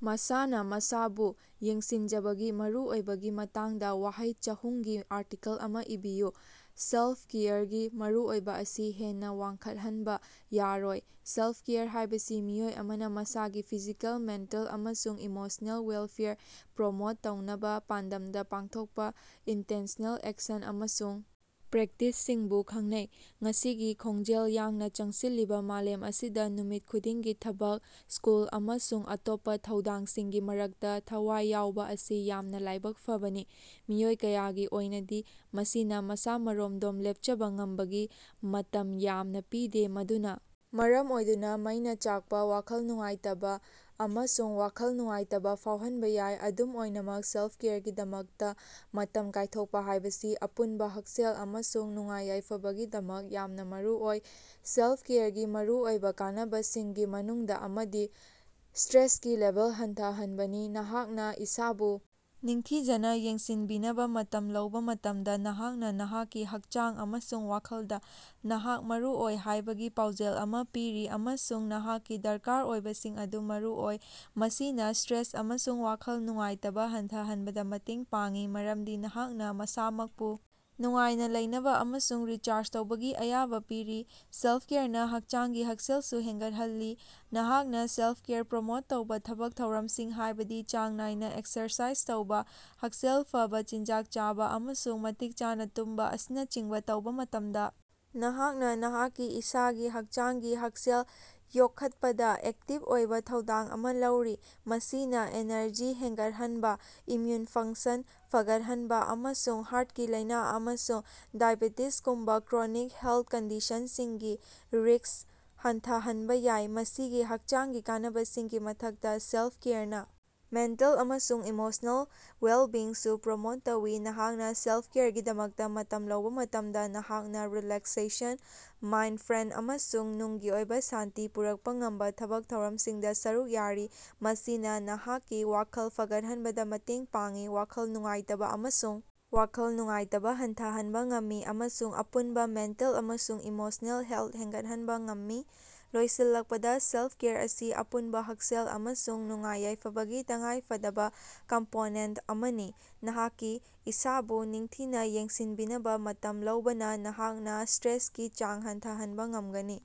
ꯃꯁꯥꯅ ꯃꯁꯥꯕꯨ ꯌꯦꯡꯁꯤꯟꯖꯕꯒꯤ ꯃꯔꯨꯑꯣꯏꯕꯒꯤ ꯃꯇꯥꯡꯗ ꯋꯥꯍꯩ ꯆꯍꯨꯝꯒꯤ ꯑꯥꯔꯇꯤꯀꯜ ꯑꯃ ꯏꯕꯤꯌꯨ꯫ ꯁꯦꯜꯐ-ꯀꯦꯌꯔꯒꯤ ꯃꯔꯨꯑꯣꯏꯕ ꯑꯁꯤ ꯍꯦꯟꯅ ꯋꯥꯡꯈꯠꯍꯟꯕ ꯌꯥꯔꯣꯏ꯫ ꯁꯦꯂꯐ-ꯀꯦꯌꯔ ꯍꯥꯏꯕꯁꯤ ꯃꯤꯑꯣꯏ ꯑꯃꯅ ꯃꯁꯥꯒꯤ ꯐꯤꯖꯤꯀꯦꯜ, ꯃꯦꯟꯇꯦꯜ ꯑꯃꯁꯨꯡ ꯏꯃꯣꯁ꯭ꯅꯦꯜ ꯋꯦꯜꯐꯦꯌꯔ ꯄ꯭ꯔꯣꯃꯣꯠ ꯇꯧꯅꯕ ꯄꯥꯟꯗꯝꯗ ꯄꯥꯡꯊꯣꯛꯄ ꯏꯟꯇꯦꯟꯁ꯭ꯅꯦꯜ ꯑꯦꯛꯁꯟ ꯑꯃꯁꯨꯡ ꯄ꯭ꯔꯦꯛꯇꯤꯁꯁꯤꯡꯕꯨ ꯈꯪꯅꯩ꯫ ꯉꯁꯤꯒꯤ ꯈꯣꯡꯖꯦꯜ ꯌꯥꯡꯅ ꯆꯪꯁꯤꯜꯂꯤꯕ ꯃꯥꯂꯦꯝ ꯑꯁꯤꯗ, ꯅꯨꯃꯤꯠ ꯈꯨꯗꯤꯡꯒꯤ ꯊꯕꯛ, ꯁ꯭ꯀꯨꯜ ꯑꯃꯁꯨꯡ ꯑꯇꯣꯞꯄ ꯊꯧꯗꯥꯡꯁꯤꯡꯒꯤ ꯃꯔꯛꯇ ꯊꯋꯥꯏ ꯌꯥꯎꯕ ꯑꯁꯤ ꯌꯥꯝꯅ ꯂꯥꯏꯕꯛ ꯐꯕꯅꯤ꯫ ꯃꯤꯑꯣꯏ ꯀꯌꯥꯒꯤ ꯑꯣꯏꯅꯗꯤ, ꯃꯁꯤꯅ ꯃꯁꯥ-ꯃꯔꯣꯝꯗꯣꯝ ꯂꯦꯞꯆꯕ ꯉꯝꯕꯒꯤ ꯃꯇꯝ ꯌꯥꯝꯅ ꯄꯤꯗꯦ, ꯃꯗꯨꯅ ꯃꯔꯝ ꯑꯣꯏꯗꯨꯅ ꯃꯩꯅ ꯆꯥꯛꯄ, ꯋꯥꯈꯜ ꯅꯨꯡꯉꯥꯏꯇꯕ ꯑꯃꯁꯨꯡ ꯋꯥꯈꯜ ꯅꯨꯡꯉꯥꯏꯇꯕ ꯐꯥꯎꯍꯟꯕꯥ ꯌꯥꯏ꯫ ꯑꯗꯨꯝ ꯑꯣꯏꯅꯃꯛ, ꯁꯦꯜꯐ-ꯀꯦꯌꯔꯒꯤꯗꯃꯛꯇ ꯃꯇꯝ ꯀꯥꯏꯊꯣꯛꯄ ꯍꯥꯏꯕꯁꯤ ꯑꯄꯨꯟꯕ ꯍꯛꯁꯦꯜ ꯑꯃꯁꯨꯡ ꯅꯨꯡꯉꯥꯏ-ꯌꯥꯏꯐꯕꯒꯤꯗꯃꯛ ꯌꯥꯝꯅ ꯃꯔꯨꯑꯣꯏ꯫ ꯁꯦꯂꯐ-ꯀꯦꯌꯔꯒꯤ ꯃꯔꯨꯑꯣꯏꯕ ꯀꯥꯟꯅꯕꯁꯤꯡꯒꯤ ꯃꯅꯨꯡꯗ ꯑꯃꯗꯤ ꯁ꯭ꯇꯔꯦꯁꯀꯤ ꯂꯦꯚꯦꯜ ꯍꯟꯊꯍꯟꯕꯅꯤ꯫ ꯅꯍꯥꯛꯅ ꯏꯁꯥꯕꯨ ꯅꯤꯡꯊꯤꯖꯅ ꯌꯦꯡꯁꯤꯟꯕꯤꯅꯕ ꯃꯇꯝ ꯂꯧꯕ ꯃꯇꯝꯗ, ꯅꯍꯥꯛꯅ ꯅꯍꯥꯛꯀꯤ ꯍꯛꯆꯥꯡ ꯑꯃꯁꯨꯡ ꯋꯥꯈꯜꯗ ꯅꯍꯥꯛ ꯃꯔꯨꯑꯣꯏ ꯍꯥꯏꯕꯒꯤ ꯄꯥꯎꯖꯦꯜ ꯑꯃ ꯄꯤꯔꯤ, ꯑꯃꯁꯨꯡ ꯅꯍꯥꯛꯀꯤ ꯗꯔꯀꯥꯔ ꯑꯣꯏꯕꯁꯤꯡ ꯑꯗꯨ ꯃꯔꯨꯑꯣꯏ꯫ ꯃꯁꯤꯅ ꯁ꯭ꯇꯔꯦꯁ ꯑꯃꯁꯨꯡ ꯋꯥꯈꯜ ꯅꯨꯡꯉꯥꯏꯇꯕ ꯍꯟꯊꯍꯟꯕꯗ ꯃꯇꯦꯡ ꯄꯥꯡꯏ, ꯃꯔꯝꯗꯤ ꯅꯍꯥꯛꯅ ꯃꯁꯥꯃꯛꯄꯨ ꯅꯨꯡꯉꯥꯏꯅ ꯂꯩꯅꯕ ꯑꯃꯁꯨꯡ ꯔꯤꯆꯥꯔꯖ ꯇꯧꯕꯒꯤ ꯑꯌꯥꯕ ꯄꯤꯔꯤ꯫ ꯁꯦꯜꯐ-ꯀꯦꯌꯔꯅ ꯍꯛꯆꯥꯡꯒꯤ ꯍꯛꯁꯦꯜꯁꯨ ꯍꯦꯟꯒꯠꯍꯜꯂꯤ꯫ ꯅꯍꯥꯛꯅ ꯁꯦꯂꯐ-ꯀꯦꯌꯔ ꯄ꯭ꯔꯣꯃꯣꯠ ꯇꯧꯕ ꯊꯕꯛ ꯊꯧꯔꯝꯁꯤꯡ, ꯍꯥꯏꯕꯗꯤ ꯆꯥꯡ ꯅꯥꯏꯅ ꯑꯦꯛꯁꯔꯁꯥꯏꯖ ꯇꯧꯕ, ꯍꯛꯁꯦꯜ ꯐꯕꯥ ꯆꯤꯟꯖꯥꯛ ꯆꯥꯕ, ꯑꯃꯁꯨꯡ ꯃꯇꯤꯛ ꯆꯥꯅ ꯇꯨꯝꯕ ꯑꯁꯤꯅꯆꯤꯡꯕ ꯇꯧꯕ ꯃꯇꯝꯗ, ꯅꯍꯥꯛꯅ ꯅꯍꯥꯛꯀꯤ ꯏꯁꯥꯒꯤ ꯍꯛꯆꯥꯡꯒꯤ ꯍꯛꯁꯦꯜ ꯌꯣꯛꯈꯠꯄꯗ ꯑꯦꯛꯇꯤꯚ ꯑꯣꯏꯕ ꯊꯧꯗꯥꯡ ꯑꯃ ꯂꯧꯔꯤ꯫ ꯃꯁꯤꯅ ꯑꯦꯅꯔꯖꯤ ꯍꯦꯟꯒꯠꯍꯟꯕ, ꯏꯝꯃ꯭ꯌꯨꯟ ꯐꯪꯛꯁꯟ ꯐꯒꯠꯍꯟꯕ ꯑꯃꯁꯨꯡ ꯍꯥꯔ꯭ꯠꯀꯤ ꯂꯥꯏꯅ ꯑꯃꯁꯨꯡ ꯗꯥꯏꯑꯦꯕꯦꯇꯤꯖꯒꯨꯝꯕ ꯀ꯭ꯔꯣꯅꯤꯛ ꯍꯦꯜꯊ ꯀꯟꯗꯤꯁꯟꯁꯤꯡꯒꯤ ꯔꯤꯁ꯭ꯛ ꯍꯟꯊꯍꯟꯕ ꯌꯥꯏ꯫ ꯃꯁꯤꯒꯤ ꯍꯛꯆꯥꯡꯒꯤ ꯀꯥꯟꯅꯕꯁꯤꯡꯒꯤ ꯃꯊꯛꯇ, ꯁꯦꯜꯐ-ꯀꯦꯌꯔꯅ ꯃꯦꯟꯇꯦꯜ ꯑꯃꯁꯨꯡ ꯏꯃꯣꯁ꯭ꯅꯦꯜ ꯋꯦꯜꯕꯤꯡꯁꯨ ꯄ꯭ꯔꯣꯃꯣꯠ ꯇꯧꯏ꯫ ꯅꯍꯥꯛꯅ ꯁꯦꯜꯐ-ꯀꯦꯌꯔꯒꯤꯗꯃꯛꯇ ꯃꯇꯝ ꯂꯧꯕ ꯃꯇꯝꯗ, ꯅꯍꯥꯛꯅ ꯔꯤꯂꯥꯛꯁꯦꯁꯟ, ꯃꯥꯏꯟꯗꯐ꯭ꯔꯦꯟꯗ ꯑꯃꯁꯨꯡ ꯅꯨꯡꯒꯤ ꯑꯣꯏꯕ ꯁꯥꯟꯇꯤ ꯄꯨꯔꯛꯄ‌ ꯉꯝꯕ ꯊꯕꯛ ꯊꯧꯔꯝꯁꯤꯡꯗ ꯁꯔꯨꯛ ꯌꯥꯔꯤ꯫ ꯃꯁꯤꯅ ꯅꯍꯥꯛꯀꯤ ꯋꯥꯈꯜ ꯐꯒꯠꯍꯟꯕꯗ ꯃꯇꯦꯡ ꯄꯥꯡꯏ, ꯋꯥꯈꯜ ꯅꯨꯡꯉꯥꯏꯇꯕꯥ ꯑꯃꯁꯨꯡ ꯋꯥꯈꯜ ꯅꯨꯡꯉꯥꯏꯇꯕꯥ ꯍꯟꯊꯍꯟꯕ ꯉꯝꯃꯤ ꯑꯃꯁꯨꯡ ꯑꯄꯨꯟꯕ ꯃꯦꯟꯇꯦꯜ ꯑꯃꯁꯨꯡ ꯏꯃꯣꯁ꯭ꯅꯦꯜ ꯍꯦꯜꯊ ꯍꯦꯟꯒꯠꯍꯟꯕ ꯉꯝꯃꯤ꯫ ꯂꯣꯏꯁꯤꯜꯂꯛꯄꯗ, ꯁꯦꯜꯐ-ꯀꯦꯌꯔ ꯑꯁꯤ ꯑꯄꯨꯟꯕ ꯍꯛꯁꯦꯜ ꯑꯃꯁꯨꯡ ꯅꯨꯡꯉꯥꯏ-ꯌꯥꯏꯐꯕꯒꯤ ꯇꯉꯥꯏꯐꯗꯕ ꯀꯝꯄꯣꯅꯦꯟꯇ ꯑꯃꯅꯤ꯫ ꯅꯍꯥꯛꯀꯤ ꯏꯁꯥꯕꯨ ꯅꯤꯡꯊꯤꯅ ꯌꯦꯡꯁꯤꯟꯕꯤꯅꯕ ꯃꯇꯝ ꯂꯧꯕꯅ, ꯅꯍꯥꯛꯅ ꯁ꯭ꯇꯔꯦꯁꯀꯤ ꯆꯥꯡ ꯍꯟꯊꯍꯟꯕ ꯉꯝꯒꯅꯤ,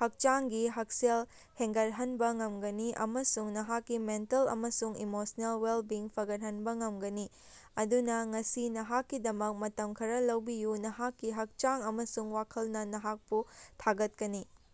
ꯍꯛꯆꯥꯡꯒꯤ ꯍꯛꯁꯦꯜ ꯍꯦꯟꯒꯠꯍꯟꯕ ꯉꯝꯒꯅꯤ ꯑꯃꯁꯨꯡ ꯅꯍꯥꯛꯀꯤ ꯃꯦꯟꯇꯦꯜ ꯑꯃꯁꯨꯡ ꯏꯃꯣꯁ꯭ꯅꯦꯜ ꯋꯦꯜꯕꯤꯡ ꯐꯒꯠꯍꯟꯕ ꯉꯝꯒꯅꯤ꯫ ꯑꯗꯨꯅ, ꯉꯁꯤ ꯅꯍꯥꯛꯀꯤꯗꯃꯛ ꯃꯇꯝ ꯈꯔꯥ ꯂꯧꯕꯤꯌꯨ – ꯅꯍꯥꯛꯀꯤ ꯍꯛꯆꯥꯡ ꯑꯃꯁꯨꯡ ꯋꯥꯈꯜꯅ ꯅꯍꯥꯛꯄꯨ ꯊꯥꯒꯠꯀꯅꯤ꯫